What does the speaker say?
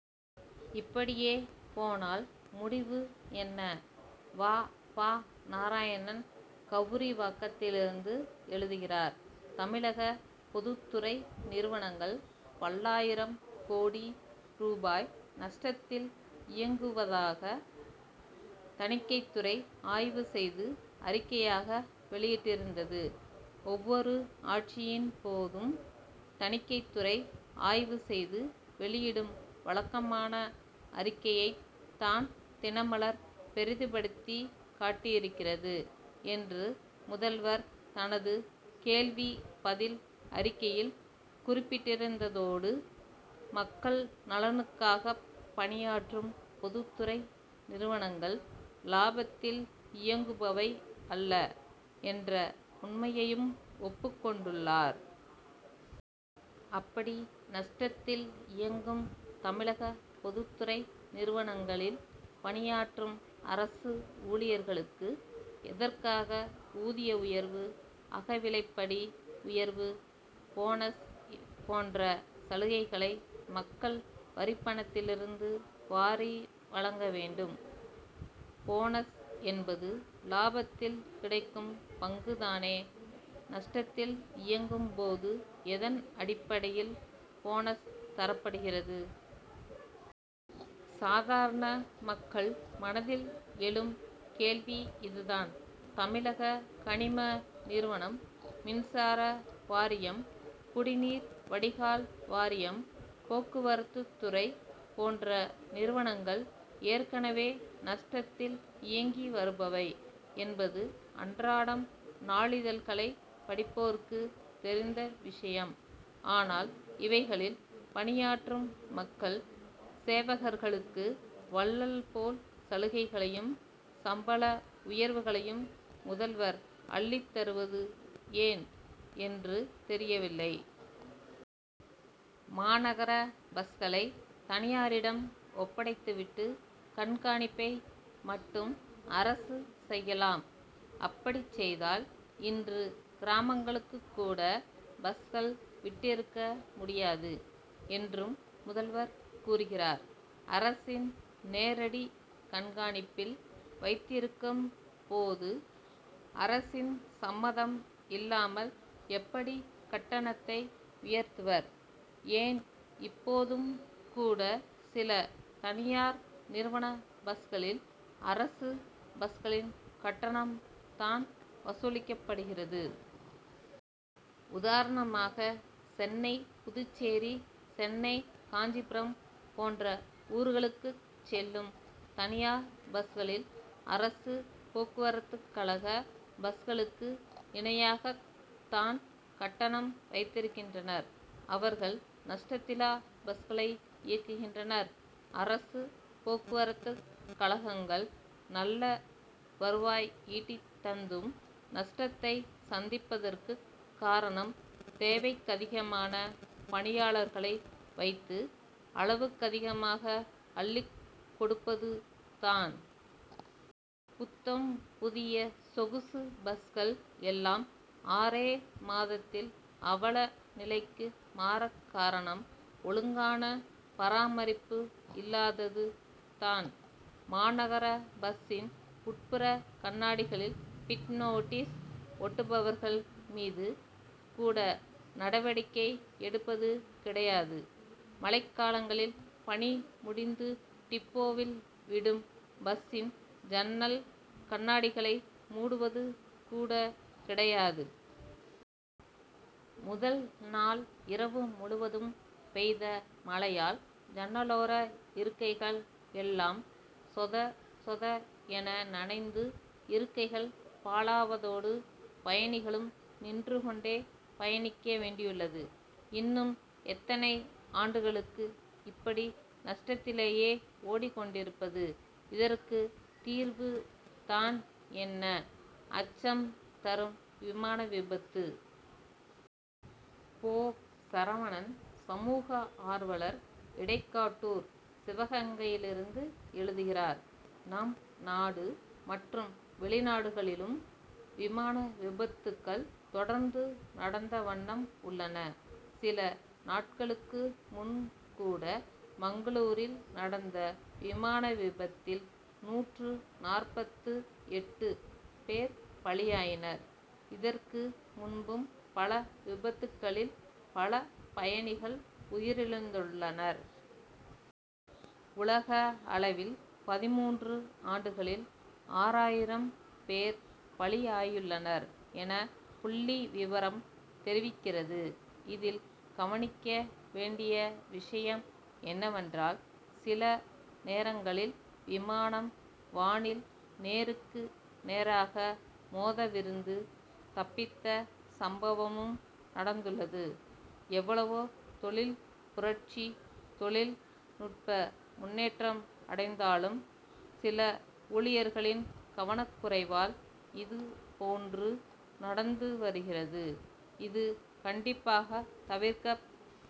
இப்படியே போனால் முடிவு என்ன? வ. ப. நாராயணன், கவுரிவாக்கத்திலிருந்து எழுதுகிறார் தமிழக பொதுத்துறை நிறுவனங்கள், பல்லாயிரம் கோடி ரூபாய் நஷ்டத்தில் இயங்குவதாக, தணிக்கைத் துறை ஆய்வு செய்து அறிக்கையாக வெளியிட்டிருந்தது. ஒவ்வொரு ஆட்சியின் போதும், தணிக்கைத்துறை ஆய்வு செய்து வெளியிடும் வழக்கமான அறிக்கையைத் தான் தினமலர் பெரிதுபடுத்தி காட்டியிருக்கிறது' என்று, முதல்வர் தனது கேள்வி பதில் அறிக்கையில் குறிப்பிட்டிருந்ததோடு, மக்கள் நலனுக்காகப் பணியாற்றும் பொதுத்துறை நிறுவனங்கள் லாபத்தில் இயங்குபவை அல்ல' என்ற உண்மையையும் ஒப்புக் கொண்டுள்ளார். அப்படி நஷ்டத்தில் இயங்கும் தமிழக பொதுத்துறை நிறுவனங்களில் பணியாற்றும் அரசு ஊழியர்களுக்கு, எதற்காக ஊதிய உயர்வு, அகவிலைப்படி உயர்வு, போனஸ் போன்ற சலுகைகளை மக்கள் வரிப்பணத்திலிருந்து வாரி வழங்க வேண்டும்? போனஸ் என்பது, லாபத்தில் கிடைக்கும் பங்கு தானே. நஷ்டத்தில் இயங்கும் போது, எதன் அடிப்படையில் போனஸ் தரப்படுகிறது? சாதாரண மக்கள் மனதில் எழும் கேள்வி இதுதான். தமிழக கனிம நிறுவனம், மின்சார வாரியம், குடிநீர் வடிகால் வாரியம், போக்குவரத்துத் துறை போன்ற நிறுவனங்கள், ஏற்கனவே நஷ்டத்தில் இயங்கி வருபவை என்பது அன்றாடம் நாளிதழ்களை படிப்போருக்கு தெரிந்த விஷயம். ஆனால், இவைகளில் பணியாற்றும் மக்கள் சேவகர்களுக்கு, வள்ளல் போல் சலுகைகளையும், சம்பள உயர்வுகளையும் முதல்வர் அள்ளித் தருவது ஏன் என்று தெரியவில்லை. மாநகர பஸ்களை தனியாரிடம் ஒப்படைத்து விட்டு, கண்காணிப்பை மட்டும் அரசு செய்யலாம். அப்படிச் செய்தால், இன்று கிராமங்களுக்குக் கூட பஸ்கள் விட்டிருக்க முடியாது' என்றும் முதல்வர் கூறுகிறார். அரசின் நேரடி கண்காணிப்பில் வைத் திருக்கும் போது, அரசின் சம்மதம் இல்லாமல் எப்படி கட்டணத்தை உயர்த்துவர்? ஏன், இப்போதும் கூட சில தனியார் நிறுவன பஸ்களில், அரசு பஸ்களின் கட்டணம் தான் வசூலிக்கப்படுகிறது. உதாரணமாக, சென்னை புதுச்சேரி, சென்னை காஞ்சிபுரம் போன்ற ஊர்களுக்குச் செல்லும் தனியார் பஸ்களில், அரசு போக்குவரத்துக்கழக பஸ்களுக்கு இணையாகத் தான் கட்டணம் வைத்திருக்கின்றனர். அவர்கள் நஷ்டத்திலா பஸ்களை இயக்குகின்றனர்? அரசு போக்குவரத்துக் கழகங்கள் நல்ல வருவாய் ஈட்டித் தந்தும், நஷ்டத்தை சந்திப்பதற்குக் காரணம், தேவைக்கதிகமான பணியாளர்களை வைத்து, அளவுக்கதிகமாக அள்ளிக் கொடுப்பது தான். புத்தம் புதிய சொகுசு பஸ்கள் எல்லாம், ஆறே மாதத்தில் அவல நிலைக்கு மாறக்காரணம், ஒழுங்கான பராமரிப்பு இல்லாதது தான். மாநகர பஸ்சின் உட்புற கண்ணாடிகளில், பிட் நோட்டீஸ்' ஒட்டுபவர்கள் மீது கூட நடவடிக்கை எடுப்பது கிடையாது. மழைக்காலங்களில் பணி முடிந்து டிப்போவில் விடும் பஸ்சின் ஜன்னல் கண்ணாடிகளை மூடுவது கூட கிடையாது. முதல் நாள் இரவு முழுவதும் பெய்த மழையால், ஜன்னலோர இருக்கைகள் எல்லாம் சொத சொத என நனைந்து, இருக்கைகள் பாழாவதோடு, பயணிகளும் நின்று கொண்டே பயணிக்க வேண்டியுள்ளது. இன்னும் எத்தனை ஆண்டுகளுக்கு இப்படி நஷ்டத்திலேயே ஓடிக் கொண் டிருப்பது? இதற்கு தீர்வு தான் என்ன? அச்சம் தரும் விமான விபத்து! போ. சரவணன், சமூக ஆர்வலர், இடைக்காட்டூர், சிவகங்கையிலிருந்து எழுதுகிறார் நம் நாடு மற்றும் வெளிநாடுகளிலும் விமான விபத்துகள் தொடர்ந்து நடந்த வண்ணம் உள்ளன. சில நாட்களுக்கு முன் கூட, மங்களூரில் நடந்த விமான விபத்தில், நூற்று நாற்பத்து எட்டு பேர் பலி ஆயினர். இதற்கு முன்பும் பல விபத்துகளில், பல பயணிகள் உயிரிழந்துள்ளனர். உலக அளவில், பதின்மூன்று ஆண்டுகளில், ஆறாயிரம் பேர் பலி ஆயுள்ளனர் என புள்ளி விவரம் தெரிவிக்கிறது. இதில் கவனிக்க வேண் டிய விஷயம் என்னவென்றால், சில நேரங்களில், விமானம் வானில் நேருக்கு நேராக மோதவிருந்து, தப் பித்த சம்பவமும் நடந் துள்ளது. எவ் வளவோ தொழில் புரட்சி, தொழில் நுட்ப முன் னேற்றம் அடைந் தாலும், சில ஊழியர்களின் கவனக் குறைவால், இதுபோன்று நடந்து வருகிறது. இது கண்டிப்பாக தவிர்க்கப்